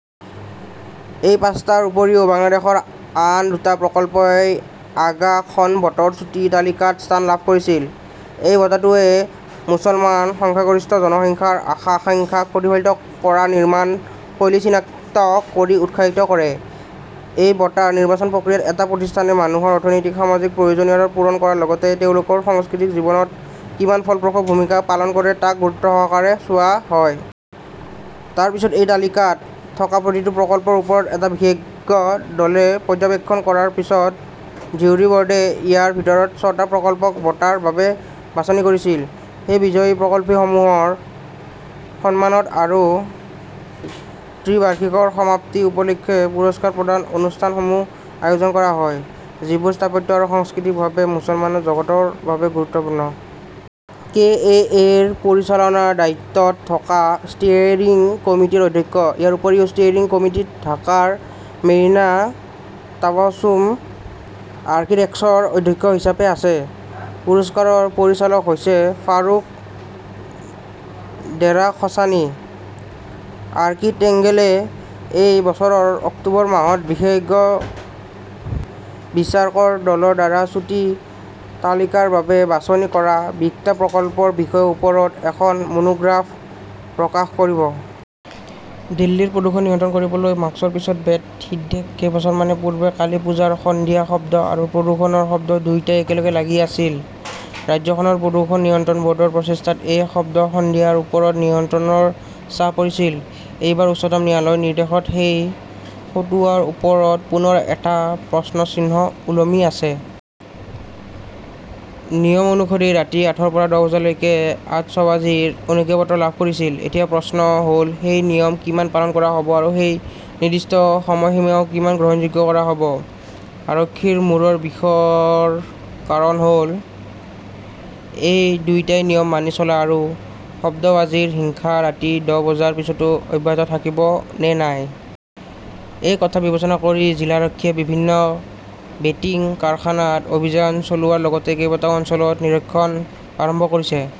এই পাঁচটাৰ উপৰিও বাংলাদেশৰ আন দুটা প্ৰকল্পই আগা খান বঁটাৰ চুটি তালিকাত স্থান লাভ কৰিছিল। এই বঁটাটোৱে মুছলমান সংখ্যাগৰিষ্ঠ জনসংখ্যাৰ আশা-আকাংক্ষাক প্ৰতিফলিত কৰা নিৰ্মাণ শৈলী চিনাক্ত কৰি উৎসাহিত কৰে। এই বঁটাৰ নিৰ্বাচন প্ৰক্ৰিয়াত এটা প্ৰতিষ্ঠানে মানুহৰ অৰ্থনৈতিক-সামাজিক প্ৰয়োজনীয়তা পূৰণ কৰাৰ লগতে তেওঁলোকৰ সাংস্কৃতিক জীৱনত কিমান ফলপ্ৰসূ ভূমিকা পালন কৰে তাক গুৰুত্বসহকাৰে চোৱা হয়। তাৰ পিছত এই তালিকাত থকা প্ৰতিটো প্ৰকল্পৰ ওপৰত এটা বিশেষজ্ঞ দলে পৰ্যবেক্ষণ কৰাৰ পিছত জ্যুৰী বৰ্ডে ইয়াৰ ভিতৰত ছটা প্ৰকল্পক বঁটাৰ বাবে বাছনি কৰিছিল। এই বিজয়ী প্ৰকল্পসমূহৰ সন্মানত আৰু ত্ৰিবাৰ্ষিকীৰ সমাপ্তি উপলক্ষে পুৰস্কাৰ প্ৰদান অনুষ্ঠানসমূহ আয়োজন কৰা হয়, যিবোৰ স্থাপত্য আৰু সংস্কৃতিকভাৱে মুছলমান জগতৰ বাবে গুৰুত্বপূৰ্ণ। কে. এ. এ. -ৰ পৰিচালনাৰ দায়িত্বত থকা ষ্টেয়াৰিং কমিটিৰ অধ্যক্ষ। ইয়াৰ উপৰিও ষ্টেয়াৰিং কমিটীত ঢাকাৰ মেৰিনা টাবাছুম আৰ্কিটেক্টছৰ অধ্যক্ষ হিচাপে আছে। পুৰস্কাৰৰ পৰিচালক হৈছে ফাৰুখ দেৰাখছানী। আৰ্কিটেংগলে এই বছৰৰ অক্টোবৰ মাহত বিশেষজ্ঞ বিচাৰকৰ দলৰ দ্বাৰা চুটি তালিকাৰ বাবে বাছনি কৰা বিশটা প্ৰকল্পৰ বিষয়ৰ ওপৰত এখন মনোগ্ৰাফ প্ৰকাশ কৰিব। দিল্লীৰ প্ৰদূষণ নিয়ন্ত্ৰণ কৰিবলৈ মাস্কৰ পিছত বেট সিদ্ধেশ কেইবছৰমান পূৰ্বে কালী পূজাৰ সন্ধিয়া শব্দ আৰু প্ৰদূষণৰ শব্দ দুয়োটাই একেলগে লাগি আছিল। ৰাজ্যখনৰ প্ৰদূষণ নিয়ন্ত্ৰণ বৰ্ডৰ প্ৰচেষ্টাত সেই শব্দ-সন্ধিয়াৰ ওপৰত নিয়ন্ত্ৰণৰ ছাঁ পৰিছিল। এইবাৰ উচ্চতম ন্যায়ালয়ৰ নিৰ্দেশত সেই ফতোৱাৰ ওপৰত পুনৰ এটা প্ৰশ্নচিহ্ন ওলমি আছে। নিয়ম অনুসৰি ৰাতি আঠৰ পৰা দহ বজালৈকে আতচবাজিৰ অনুজ্ঞাপত্ৰ লাভ কৰিছিল। এতিয়া প্ৰশ্নটো হ 'ল, সেই নিয়ম কিমান পালন কৰা হ'ব আৰু সেই নিৰ্দিষ্ট সময়সীমাও কিমান গ্ৰহণযোগ্য কৰা হ 'ব? আৰক্ষীৰ মূৰৰ বিষৰ কাৰণ হ'ল এই দুয়োটাই নিয়ম মানি চলা আৰু শব্দবাজিৰ হিংসা ৰাতি দহ বজাৰ পিছতো অব্যাহত থাকিব নে নাই। এই কথা বিবেচনা কৰি জিলা আৰক্ষীয়ে বিভিন্ন বেটিং কাৰখানাত অভিযান চলোৱাৰ লগতে কেইবাটাও অঞ্চলত নিৰীক্ষণ আৰম্ভ কৰিছে।